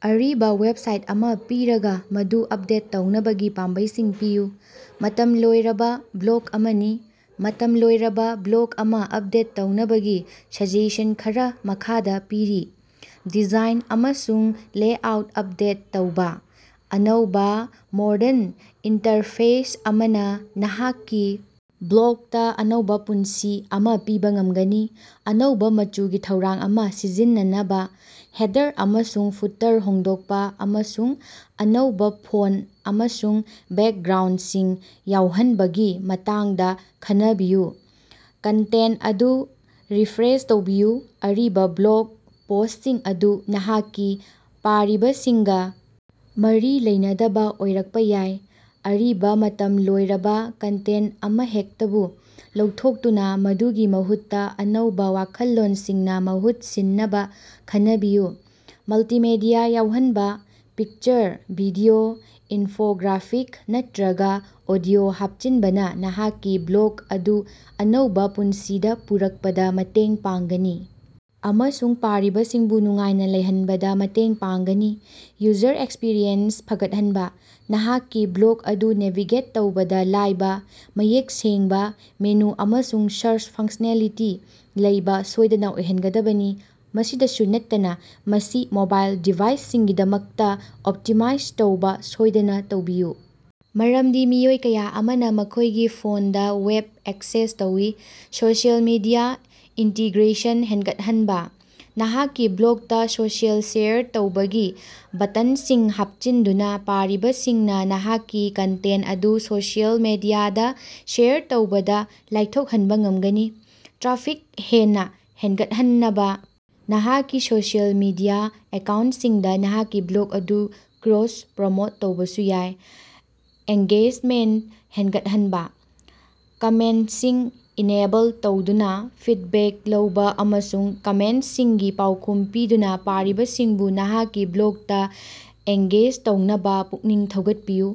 ꯑꯔꯤꯕꯥ ꯋꯦꯕꯁꯥꯏꯠ ꯑꯃꯥ ꯄꯤꯔꯒꯥ, ꯃꯗꯨ ꯑꯞꯗꯦꯠ ꯇꯧꯅꯕꯒꯤ ꯄꯥꯝꯕꯩꯁꯤꯡ ꯄꯤꯌꯨ꯫ ꯃꯇꯝ ꯂꯣꯏꯔꯕꯥ ꯕ꯭ꯂꯣꯛ ꯑꯃꯅꯤ꯫ ꯃꯇꯝ ꯂꯣꯏꯔꯕꯥ ꯕ꯭ꯂꯣꯛ ꯑꯃꯥ ꯑꯞꯗꯦꯠ ꯇꯧꯅꯕꯒꯤ ꯁꯖꯦꯁꯟ ꯈꯔꯥ ꯃꯈꯥꯗꯥ ꯄꯤꯔꯤ: ꯗꯤꯖꯥꯏꯟ ꯑꯃꯁꯨꯡ ꯂꯦꯑꯥꯎꯠ ꯑꯞꯗꯦꯠ ꯇꯧꯕꯥ: ꯑꯅꯧꯕꯥ, ꯃꯣꯔꯗꯟ ꯏꯟꯇꯔꯐꯦꯁ ꯑꯃꯅꯥ ꯅꯍꯥꯛꯀꯤ ꯕ꯭ꯂꯣꯛꯇꯥ ꯑꯅꯧꯕꯥ ꯄꯨꯟꯁꯤ ꯑꯃꯥ ꯄꯤꯕꯥ ꯉꯝꯒꯅꯤ꯫ ꯑꯅꯧꯕꯥ ꯃꯆꯨꯒꯤ ꯊꯧꯔꯥꯡ ꯑꯃꯥ ꯁꯤꯖꯤꯟꯅꯅꯕꯥ, ꯍꯦꯗꯔ ꯑꯃꯁꯨꯡ ꯐꯨꯇꯔ ꯍꯣꯡꯗꯣꯛꯄꯥ ꯑꯃꯁꯨꯡ ꯑꯅꯧꯕꯥ ꯐꯣꯟ ꯑꯃꯁꯨꯡ ꯕꯦꯛꯒ꯭ꯔꯥꯎꯟꯗꯁꯤꯡ ꯌꯥꯎꯍꯟꯕꯒꯤ ꯃꯇꯥꯡꯗꯥ ꯈꯟꯅꯕꯤꯌꯨ꯫ ꯀꯟꯇꯦꯟ ꯑꯗꯨ ꯔꯤꯐ꯭ꯔꯦꯁ ꯇꯧꯕꯤꯌꯨ: ꯑꯔꯤꯕꯥ ꯕ꯭ꯂꯣꯛ ꯄꯣꯁꯁꯤꯡ ꯑꯗꯨ ꯅꯍꯥꯛꯀꯤ ꯄꯥꯔꯤꯕꯁꯤꯡꯒꯥ ꯃꯔꯤ ꯂꯩꯅꯗꯕꯥ ꯑꯣꯏꯔꯛꯄꯥ ꯌꯥꯏ꯫ ꯑꯔꯤꯕꯥ, ꯃꯇꯝ ꯂꯣꯏꯔꯕꯥ ꯀꯟꯇꯦꯟ ꯑꯃꯍꯦꯛꯇꯕꯨ ꯂꯧꯊꯣꯛꯇꯨꯅꯥ ꯃꯗꯨꯒꯤ ꯃꯍꯨꯠꯇꯥ ꯑꯅꯧꯕꯥ ꯋꯥꯈꯜꯂꯣꯟꯁꯤꯡꯅꯥ ꯃꯍꯨꯠ ꯁꯤꯟꯅꯕꯥ ꯈꯟꯅꯕꯤꯌꯨ꯫ ꯃꯜꯇꯤꯃꯦꯗꯤꯌꯥ ꯌꯥꯎꯍꯟꯕꯥ: ꯄꯤꯛꯆꯔ, ꯚꯤꯗꯤꯑꯣ, ꯏꯟꯐꯣꯒ꯭ꯔꯥꯐꯤꯛ ꯅꯠꯇ꯭ꯔꯒꯥ ꯑꯣꯗꯤꯑꯣ ꯍꯥꯞꯆꯤꯟꯕꯅꯥ ꯅꯍꯥꯛꯀꯤ ꯕ꯭ꯂꯣꯒ ꯑꯗꯨ ꯑꯅꯧꯕꯥ ꯄꯨꯟꯁꯤꯗꯥ ꯄꯨꯔꯛꯄꯗꯥ ꯃꯇꯦꯡ ꯄꯥꯡꯒꯅꯤ ꯑꯃꯁꯨꯡ ꯄꯥꯔꯤꯕꯁꯤꯡꯕꯨ ꯅꯨꯡꯉꯥꯏꯅꯥ ꯂꯩꯍꯟꯕꯗꯥ ꯃꯇꯦꯡ ꯄꯥꯡꯒꯅꯤ꯫ ꯌꯨꯖꯔ ꯑꯦꯛꯁꯄꯤꯔꯤꯑꯦꯟꯁ ꯐꯒꯠꯍꯟꯕꯥ: ꯅꯍꯥꯛꯀꯤ ꯕ꯭ꯂꯣꯛ ꯑꯗꯨ ꯅꯦꯚꯤꯒꯦꯠ ꯇꯧꯕꯗꯥ ꯂꯥꯏꯕꯥ, ꯃꯌꯦꯛ ꯁꯦꯡꯕꯥ ꯃꯦꯅꯨ ꯑꯃꯁꯨꯡ ꯁꯥꯔꯆ ꯐꯪꯁ꯭ꯅꯦꯂꯤꯇꯤ ꯂꯩꯕꯥ ꯁꯣꯏꯗꯅꯥ ꯑꯣꯏꯍꯟꯒꯗꯕꯅꯤ꯫ ꯃꯁꯤꯗꯁꯨ ꯅꯠꯇꯅꯥ, ꯃꯁꯤ ꯃꯣꯕꯥꯏꯜ ꯗꯤꯚꯥꯏꯁꯁꯤꯡꯒꯤꯗꯃꯛꯇꯥ ꯑꯣꯞꯇꯤꯃꯥꯏꯖ ꯇꯧꯕꯥ ꯁꯣꯏꯗꯅꯥ ꯇꯧꯕꯤꯌꯨ, ꯃꯔꯝꯗꯤ ꯃꯤꯑꯣꯏ ꯀꯌꯥ ꯑꯃꯅꯥ ꯃꯈꯣꯏꯒꯤ ꯐꯣꯟꯗꯥ ꯋꯦꯕ ꯑꯦꯛꯁꯦꯁ ꯇꯧꯏ꯫ ꯁꯣꯁꯤꯑꯦꯜ ꯃꯤꯗꯤꯌꯥ ꯏꯟꯇꯤꯒ꯭ꯔꯦꯁꯟ ꯍꯦꯟꯒꯠꯍꯟꯕꯥ: ꯅꯍꯥꯛꯀꯤ ꯕ꯭ꯂꯣꯛꯇꯥ ꯁꯣꯁꯤꯑꯦꯜ ꯁꯦꯌꯔ ꯇꯧꯕꯒꯤ ꯕꯇꯟꯁꯤꯡ ꯍꯥꯞꯆꯤꯟꯗꯨꯅꯥ ꯄꯥꯔꯤꯕꯁꯤꯡꯅꯥ ꯅꯍꯥꯛꯀꯤ ꯀꯟꯇꯦꯟ ꯑꯗꯨ ꯁꯣꯁꯤꯑꯦꯜ ꯃꯤꯗꯤꯌꯥꯗꯥ ꯁꯦꯌꯔ ꯇꯧꯕꯗꯥ ꯂꯥꯏꯊꯣꯛꯍꯟꯕꯥ ꯉꯝꯒꯅꯤ꯫ ꯇ꯭ꯔꯥꯐꯤꯛ ꯍꯦꯟꯅꯥ ꯍꯦꯟꯒꯠꯍꯟꯅꯕꯥ ꯅꯍꯥꯛꯀꯤ ꯁꯣꯁꯤꯑꯦꯜ ꯃꯤꯗꯤꯌꯥ ꯑꯦꯀꯥꯎꯟꯁꯤꯡꯗꯥ ꯅꯍꯥꯛꯀꯤ ꯕ꯭ꯂꯣꯛ ꯑꯗꯨ ꯀ꯭ꯔꯣꯁ-ꯄ꯭ꯔꯣꯃꯣꯠ ꯇꯧꯕꯁꯨ ꯌꯥꯏ꯫ꯑꯦꯡꯒꯦꯖꯃꯦꯟꯇ ꯍꯦꯟꯒꯠꯍꯟꯕꯥ: ꯀꯃꯦꯟꯁꯤꯡ ꯏꯅꯦꯕꯜ ꯇꯧꯗꯨꯅꯥ, ꯐꯤꯠꯕꯦꯛ ꯂꯧꯕꯥ ꯑꯃꯁꯨꯡ ꯀꯃꯦꯟꯇꯁꯤꯡꯒꯤ ꯄꯥꯎꯈꯨꯝ ꯄꯤꯗꯨꯅꯥ ꯄꯥꯔꯤꯕꯁꯤꯡꯕꯨ ꯅꯍꯥꯛꯀꯤ ꯕ꯭ꯂꯣꯛꯇꯥ ꯑꯦꯡꯒꯦꯖ ꯇꯧꯅꯕꯥ ꯄꯨꯛꯅꯤꯡ ꯊꯧꯒꯠꯄꯤꯌꯨ꯫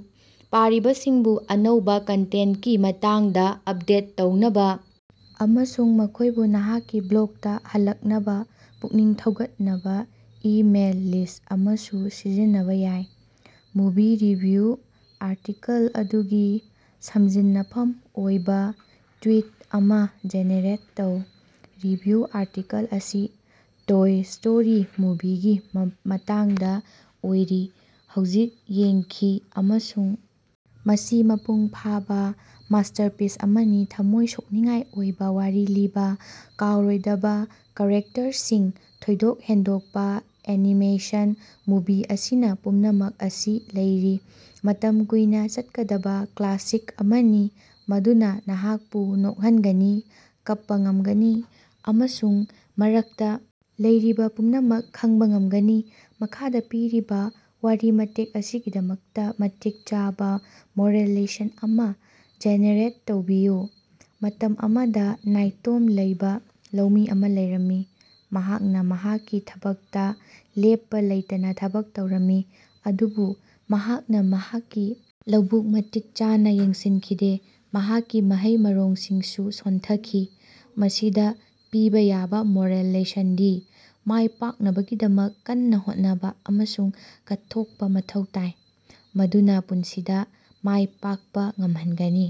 ꯄꯥꯔꯤꯕꯁꯤꯡꯕꯨ ꯑꯅꯧꯕꯥ ꯀꯟꯇꯦꯟꯀꯤ ꯃꯇꯥꯡꯗꯥ ꯑꯞꯗꯦꯠ ꯇꯧꯅꯕꯥ ꯑꯃꯁꯨꯡ ꯃꯈꯣꯏꯕꯨ ꯅꯍꯥꯛꯀꯤ ꯕ꯭ꯂꯣꯛꯇꯥ ꯍꯜꯂꯛꯅꯕꯥ ꯄꯨꯛꯅꯤꯡ ꯊꯧꯒꯠꯅꯕꯥ ꯏꯃꯦꯜ ꯂꯤꯁ ꯑꯃꯁꯨ ꯁꯤꯖꯤꯟꯅꯕꯥ ꯌꯥꯏ꯫ ꯃꯨꯚꯤ ꯔꯤꯚꯤꯌꯨ ꯑꯥꯔꯇꯤꯀꯜ ꯑꯗꯨꯒꯤ ꯁꯝꯖꯤꯟꯅꯐꯝ ꯑꯣꯏꯕꯥ ꯇ꯭ꯋꯤꯠ ꯑꯃꯥ ꯖꯦꯅꯦꯔꯦꯠ ꯇꯧ꯫ ꯔꯤꯚꯤꯌꯨ ꯑꯥꯔꯇꯤꯀꯜ ꯑꯁꯤ ꯇꯣꯏ ꯁ꯭ꯇꯣꯔꯤ ꯃꯨꯚꯤꯒꯤ ꯃꯇꯥꯡꯗꯥ ꯑꯣꯏꯔꯤ꯫ ꯍꯧꯖꯤꯛ ꯌꯦꯡꯈꯤ ꯑꯃꯁꯨꯡ ꯃꯁꯤ ꯃꯄꯨꯡ ꯐꯥꯕ ꯃꯥꯁ꯭ꯇꯔꯄꯤꯁ ꯑꯃꯅꯤ꯫ ꯊꯝꯃꯣꯏ ꯁꯣꯛꯅꯤꯡꯉꯥꯏ ꯑꯣꯏꯕꯥ ꯋꯥꯔꯤ ꯂꯤꯕꯥ, ꯀꯥꯎꯔꯣꯏꯗꯕꯥ ꯀꯥꯔꯦꯛꯇꯔꯁꯤꯡ, ꯊꯣꯏꯗꯣꯛ ꯍꯦꯟꯗꯣꯛꯄꯥ ꯑꯦꯅꯤꯃꯦꯁꯟ – ꯃꯨꯚꯤ ꯑꯁꯤꯅꯥ ꯄꯨꯝꯅꯃꯛ ꯑꯁꯤ ꯂꯩꯔꯤ꯫ ꯃꯇꯝ ꯀꯨꯏꯅꯥ ꯆꯠꯀꯗꯕꯥ ꯀ꯭ꯂꯥꯁꯤꯛ ꯑꯃꯅꯤ ꯃꯗꯨꯅꯥ ꯅꯍꯥꯛꯄꯨ ꯅꯣꯛꯍꯟꯒꯅꯤ, ꯀꯞꯄꯥ ꯉꯝꯒꯅꯤ ꯑꯃꯁꯨꯡ ꯃꯔꯛꯇꯥ ꯂꯩꯔꯤꯕꯥ ꯄꯨꯝꯅꯃꯛ ꯈꯪꯕ ꯉꯝꯒꯅꯤ꯫ ꯃꯈꯥꯗꯥ ꯄꯤꯔꯤꯕꯥ ꯋꯥꯔꯤ ꯃꯇꯦꯛ ꯑꯁꯤꯒꯤꯗꯃꯛꯇꯥ ꯃꯇꯤꯛ ꯆꯥꯕꯥ ꯃꯣꯔꯦꯜ ꯂꯦꯁꯟ ꯑꯃꯥ ꯖꯦꯅꯦꯔꯦꯠ ꯇꯧꯕꯤꯌꯨ꯫ ꯃꯇꯝ ꯑꯃꯗꯥ ꯅꯥꯏꯇꯣꯝ ꯂꯩꯕꯥ ꯂꯧꯃꯤ ꯑꯃꯥ ꯂꯩꯔꯝꯃꯤ, ꯃꯍꯥꯛꯅꯥ ꯃꯍꯥꯛꯀꯤ ꯊꯕꯛꯇꯥ ꯂꯦꯞꯄꯥ ꯂꯩꯇꯅꯥ ꯊꯕꯛ ꯇꯧꯔꯝꯃꯤ꯫ ꯑꯗꯨꯕꯨ ꯃꯍꯥꯛꯅꯥ ꯃꯍꯥꯛꯀꯤ ꯂꯧꯕꯨꯛ ꯃꯇꯤꯛ ꯆꯥꯅꯥ ꯌꯦꯡꯁꯤꯟꯈꯤꯗꯦ, ꯃꯍꯥꯛꯀꯤ ꯃꯍꯩ-ꯃꯔꯣꯡꯁꯤꯡꯁꯨ ꯁꯣꯟꯊꯈꯤ꯫ ꯃꯁꯤꯗ ꯄꯤꯕꯥ ꯌꯥꯕ ꯃꯣꯔꯦꯜ ꯂꯦꯁꯟꯗꯤ ꯃꯥꯏꯄꯥꯛꯅꯕꯒꯤꯗꯃꯛ ꯀꯟꯅꯥ ꯍꯣꯠꯅꯕꯥ ꯑꯃꯁꯨꯡ ꯀꯠꯊꯣꯛꯄꯥ ꯃꯊꯧ ꯇꯥꯏ꯫ ꯃꯥꯗꯨꯅꯥ ꯄꯨꯟꯁꯤꯗꯥ ꯃꯥꯏ ꯄꯥꯛꯄꯥ ꯉꯝꯍꯟꯒꯅꯤ꯫